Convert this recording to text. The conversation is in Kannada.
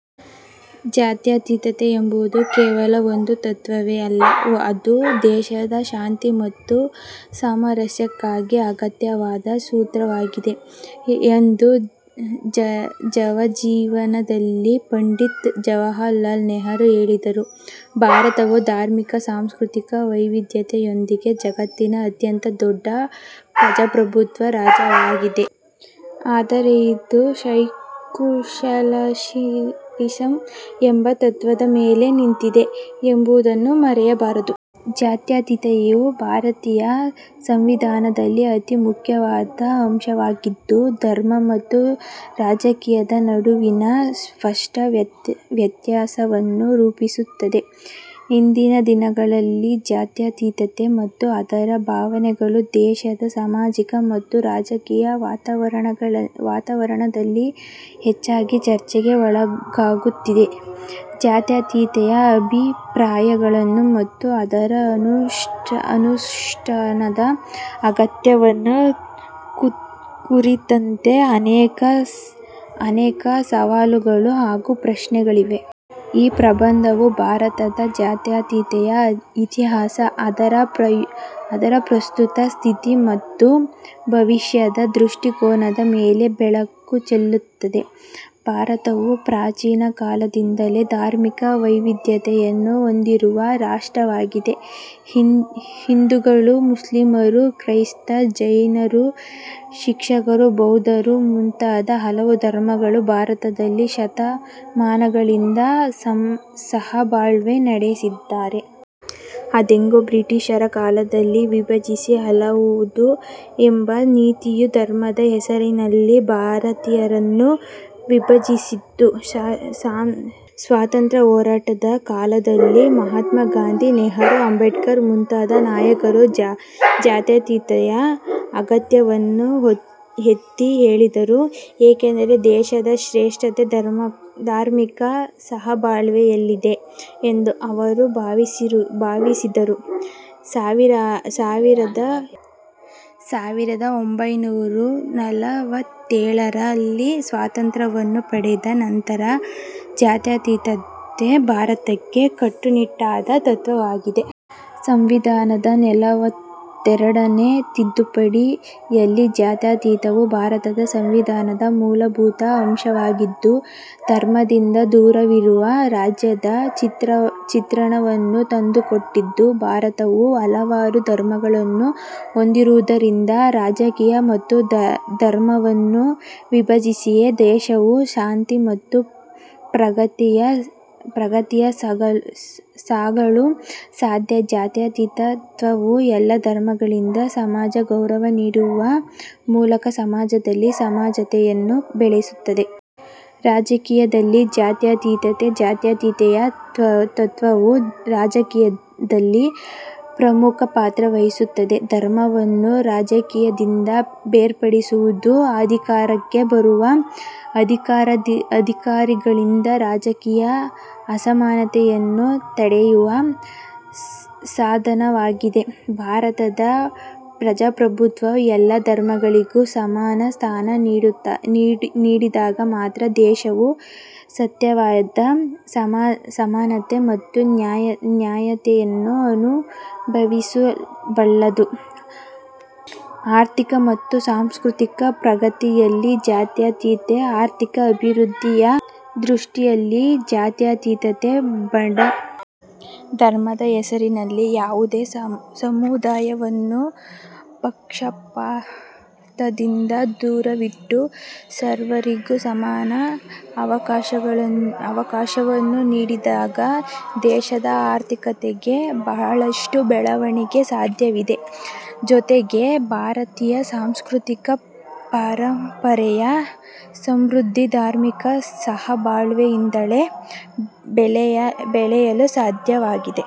ಜಾತ್ಯತೀತತೆ ಎಂಬುದು ಕೇವಲ ಒಂದು ತತ್ವವೇ ಅಲ್ಲ, ಅದು ದೇಶದ ಶಾಂತಿ ಮತ್ತು ಸಾಮರಸ್ಯಕ್ಕಾಗಿ ಅಗತ್ಯವಾದ ಸೂತ್ರವಾಗಿದೆ ಎಂದು ನವಜೀವನದಲ್ಲಿ ಪಂಡಿತ್ ಜವಾಹರಲಾಲ್ ನೆಹರು ಹೇಳಿದರು. ಭಾರತವು ಧಾರ್ಮಿಕ, ಸಾಂಸ್ಕೃತಿಕ ವೈವಿಧ್ಯತೆಯೊಂದಿಗೆ ಜಗತ್ತಿನ ಅತ್ಯಂತ ದೊಡ್ಡ ಪ್ರಜಾಪ್ರಭುತ್ವ ರಾಷ್ಟ್ರವಾಗಿದೆ. ಆದರೆ, ಇದು ಸೈಕ್ಯುಲರಿಸಂ ಎಂಬ ತತ್ವದ ಮೇಲೆ ನಿಂತಿದೆ ಎಂಬುದನ್ನು ಮರೆಯಬಾರದು. ಜಾತ್ಯತೀತತೆಯು ಭಾರತೀಯ ಸಂವಿಧಾನದಲ್ಲಿ ಅತಿ ಮುಖ್ಯವಾದ ಅಂಶವಾಗಿದ್ದು, ಧರ್ಮ ಮತ್ತು ರಾಜಕೀಯದ ನಡುವಿನ ಸ್ಪಷ್ಟ ವ್ಯತ್ಯಾಸವನ್ನು ರೂಪಿಸುತ್ತದೆ. ಇಂದಿನ ದಿನಗಳಲ್ಲಿ, ಜಾತ್ಯತೀತತೆ ಮತ್ತು ಅದರ ಭಾವನೆಗಳು ದೇಶದ ಸಾಮಾಜಿಕ ಮತ್ತು ರಾಜಕೀಯ ವಾತಾವರಣದಲ್ಲಿ ಹೆಚ್ಚಾಗಿ ಚರ್ಚೆಗೆ ಒಳಗಾಗುತ್ತಿವೆ. ಜಾತ್ಯತೀತತೆಯ ಅಭಿಪ್ರಾಯಗಳನ್ನು ಮತ್ತು ಅದರ ಅನುಷ್ಠಾನದ ಅಗತ್ಯವನ್ನು ಕುರಿತಂತೆ ಅನೇಕ ಸವಾಲುಗಳು ಹಾಗೂ ಪ್ರಶ್ನೆಗಳಿವೆ. ಈ ಪ್ರಬಂಧವು ಭಾರತದ ಜಾತ್ಯತೀತತೆಯ ಇತಿಹಾಸ, ಅದರ ಪ್ರಸ್ತುತ ಸ್ಥಿತಿ ಮತ್ತು ಭವಿಷ್ಯದ ದೃಷ್ಟಿಕೋನದ ಮೇಲೆ ಬೆಳಕು ಚೆಲ್ಲುತ್ತದೆ. ಭಾರತವು ಪ್ರಾಚೀನ ಕಾಲದಿಂದಲೇ ಧಾರ್ಮಿಕ ವೈವಿಧ್ಯತೆಯನ್ನು ಹೊಂದಿರುವ ರಾಷ್ಟ್ರವಾಗಿದೆ. ಹಿಂದೂಗಳು, ಮುಸ್ಲಿಮರು, ಕ್ರೈಸ್ತರು, ಜೈನರು, ಸಿಖ್ಕರು, ಬೌದ್ಧರು ಮುಂತಾದ ಹಲವು ಧರ್ಮಗಳು ಭಾರತದಲ್ಲಿ ಶತಮಾನಗಳಿಂದ ಸಹಬಾಳ್ವೆ ನಡೆಸಿದ್ದಾರೆ. ಆದಾಗ್ಯೂ, ಬ್ರಿಟಿಷರ ಕಾಲದಲ್ಲಿ 'ವಿಭಜಿಸಿ ಆಳುವುದು' ಎಂಬ ನೀತಿಯು ಧರ್ಮದ ಹೆಸರಿನಲ್ಲಿ ಭಾರತೀಯರನ್ನು ವಿಭಜಿಸಿತು. ಸ್ವಾತಂತ್ರ್ಯ ಹೋರಾಟದ ಕಾಲದಲ್ಲಿ, ಮಹಾತ್ಮ ಗಾಂಧಿ, ನೆಹರು, ಅಂಬೇಡ್ಕರ್ ಮುಂತಾದ ನಾಯಕರು ಜಾತ್ಯತೀತತೆಯ ಅಗತ್ಯವನ್ನು ಒತ್ತಿ ಹೇಳಿದರು, ಏಕೆಂದರೆ ದೇಶದ ಶ್ರೇಷ್ಠತೆ ಧಾರ್ಮಿಕ ಸಹಬಾಳ್ವೆಯಲ್ಲಿದೆ ಎಂದು ಅವರು ಭಾವಿಸಿದರು. ಸಾವಿರದ ಒಂಬೈನೂರಾ ನಲವತ್ತೇಳರಲ್ಲಿ ಸ್ವಾತಂತ್ರ್ಯವನ್ನು ಪಡೆದ ನಂತರ, ಜಾತ್ಯತೀತತೆ ಭಾರತಕ್ಕೆ ಕಟ್ಟುನಿಟ್ಟಾದ ತತ್ವವಾಗಿದೆ. ಸಂವಿಧಾನದ ನಲವತ್ತೆರಡನೇ ತಿದ್ದುಪಡಿ ಯಲ್ಲಿ ಜಾತ್ಯತೀತತೆಯು ಭಾರತ ಸಂವಿಧಾನದ ಮೂಲಭೂತ ಅಂಶವಾಗಿದ್ದು, ಧರ್ಮದಿಂದ ದೂರವಿರುವ ರಾಜ್ಯದ ಚಿತ್ರಣವನ್ನು ತಂದುಕೊಟ್ಟಿತು. ಭಾರತವು ಹಲವಾರು ಧರ್ಮಗಳನ್ನು ಹೊಂದಿರುವುದರಿಂದ, ರಾಜಕೀಯ ಮತ್ತು ಧರ್ಮವನ್ನು ವಿಭಜಿಸಿಯೇ ದೇಶವು ಶಾಂತಿ ಮತ್ತು ಪ್ರಗತಿಯತ್ತ ಸಾಗಲು ಸಾಧ್ಯ. ಜಾತ್ಯತೀತ ತತ್ವವು ಎಲ್ಲ ಧರ್ಮಗಳಿಗೆ ಸಮಾನ ಗೌರವ ನೀಡುವ ಮೂಲಕ ಸಮಾಜದಲ್ಲಿ ಸಮಾನತೆಯನ್ನು ಬೆಳೆಸುತ್ತದೆ. ರಾಜಕೀಯದಲ್ಲಿ ಜಾತ್ಯತೀತತೆ, ಜಾತ್ಯತೀತತೆಯ ತತ್ವವು ರಾಜಕೀಯದಲ್ಲಿ ಪ್ರಮುಖ ಪಾತ್ರ ವಹಿಸುತ್ತದೆ. ಧರ್ಮವನ್ನು ರಾಜಕೀಯದಿಂದ ಬೇರ್ಪಡಿಸುವುದು ಅಧಿಕಾರಕ್ಕೆ ಬರುವ ಅಧಿಕಾರಿಗಳಿಂದ ರಾಜಕೀಯ ಅಸಮಾನತೆಯನ್ನು ತಡೆಯುವ ಸಾಧನವಾಗಿದೆ. ಭಾರತದ ಪ್ರಜಾಪ್ರಭುತ್ವವು ಎಲ್ಲ ಧರ್ಮಗಳಿಗೂ ಸಮಾನ ಸ್ಥಾನ ನೀಡಿದಾಗ ಮಾತ್ರ ದೇಶವು ಸತ್ಯವಾದ ಸಮಾನತೆ ಮತ್ತು ನ್ಯಾಯತೆಯನ್ನು ಅನುಭವಿಸಬಲ್ಲದು. ಆರ್ಥಿಕ ಮತ್ತು ಸಾಂಸ್ಕೃತಿಕ ಪ್ರಗತಿಯಲ್ಲಿನ ಜಾತ್ಯತೀತತೆ ಆರ್ಥಿಕ ಅಭಿವೃದ್ಧಿಯ ದೃಷ್ಟಿಯಲ್ಲಿ, ಜಾತ್ಯತೀತತೆ ಬಡಜನರಿಗೆ ಸಮಾನ ಅವಕಾಶಗಳನ್ನು ನೀಡಲು ನೆರವಾಗುತ್ತದೆ. ಧರ್ಮದ ಹೆಸರಿನಲ್ಲಿ ಯಾವುದೇ ಸಮುದಾಯವನ್ನು ಪಕ್ಷಪಾತದಿಂದ ದೂರವಿಟ್ಟು, ಸರ್ವರಿಗೂ ಸಮಾನ ಅವಕಾಶವನ್ನು ನೀಡಿದಾಗ, ದೇಶದ ಆರ್ಥಿಕತೆಗೆ ಬಹಳಷ್ಟು ಬೆಳವಣಿಗೆ ಸಾಧ್ಯವಿದೆ. ಜೊತೆಗೆ, ಭಾರತೀಯ ಸಾಂಸ್ಕೃತಿಕ ಪರಂಪರೆಯ ಸಮೃದ್ಧಿ, ಧಾರ್ಮಿಕ ಸಹಬಾಳ್ವೆಯಿಂದಲೇ ಬೆಳೆಯಲು ಸಾಧ್ಯವಾಗಿದೆ.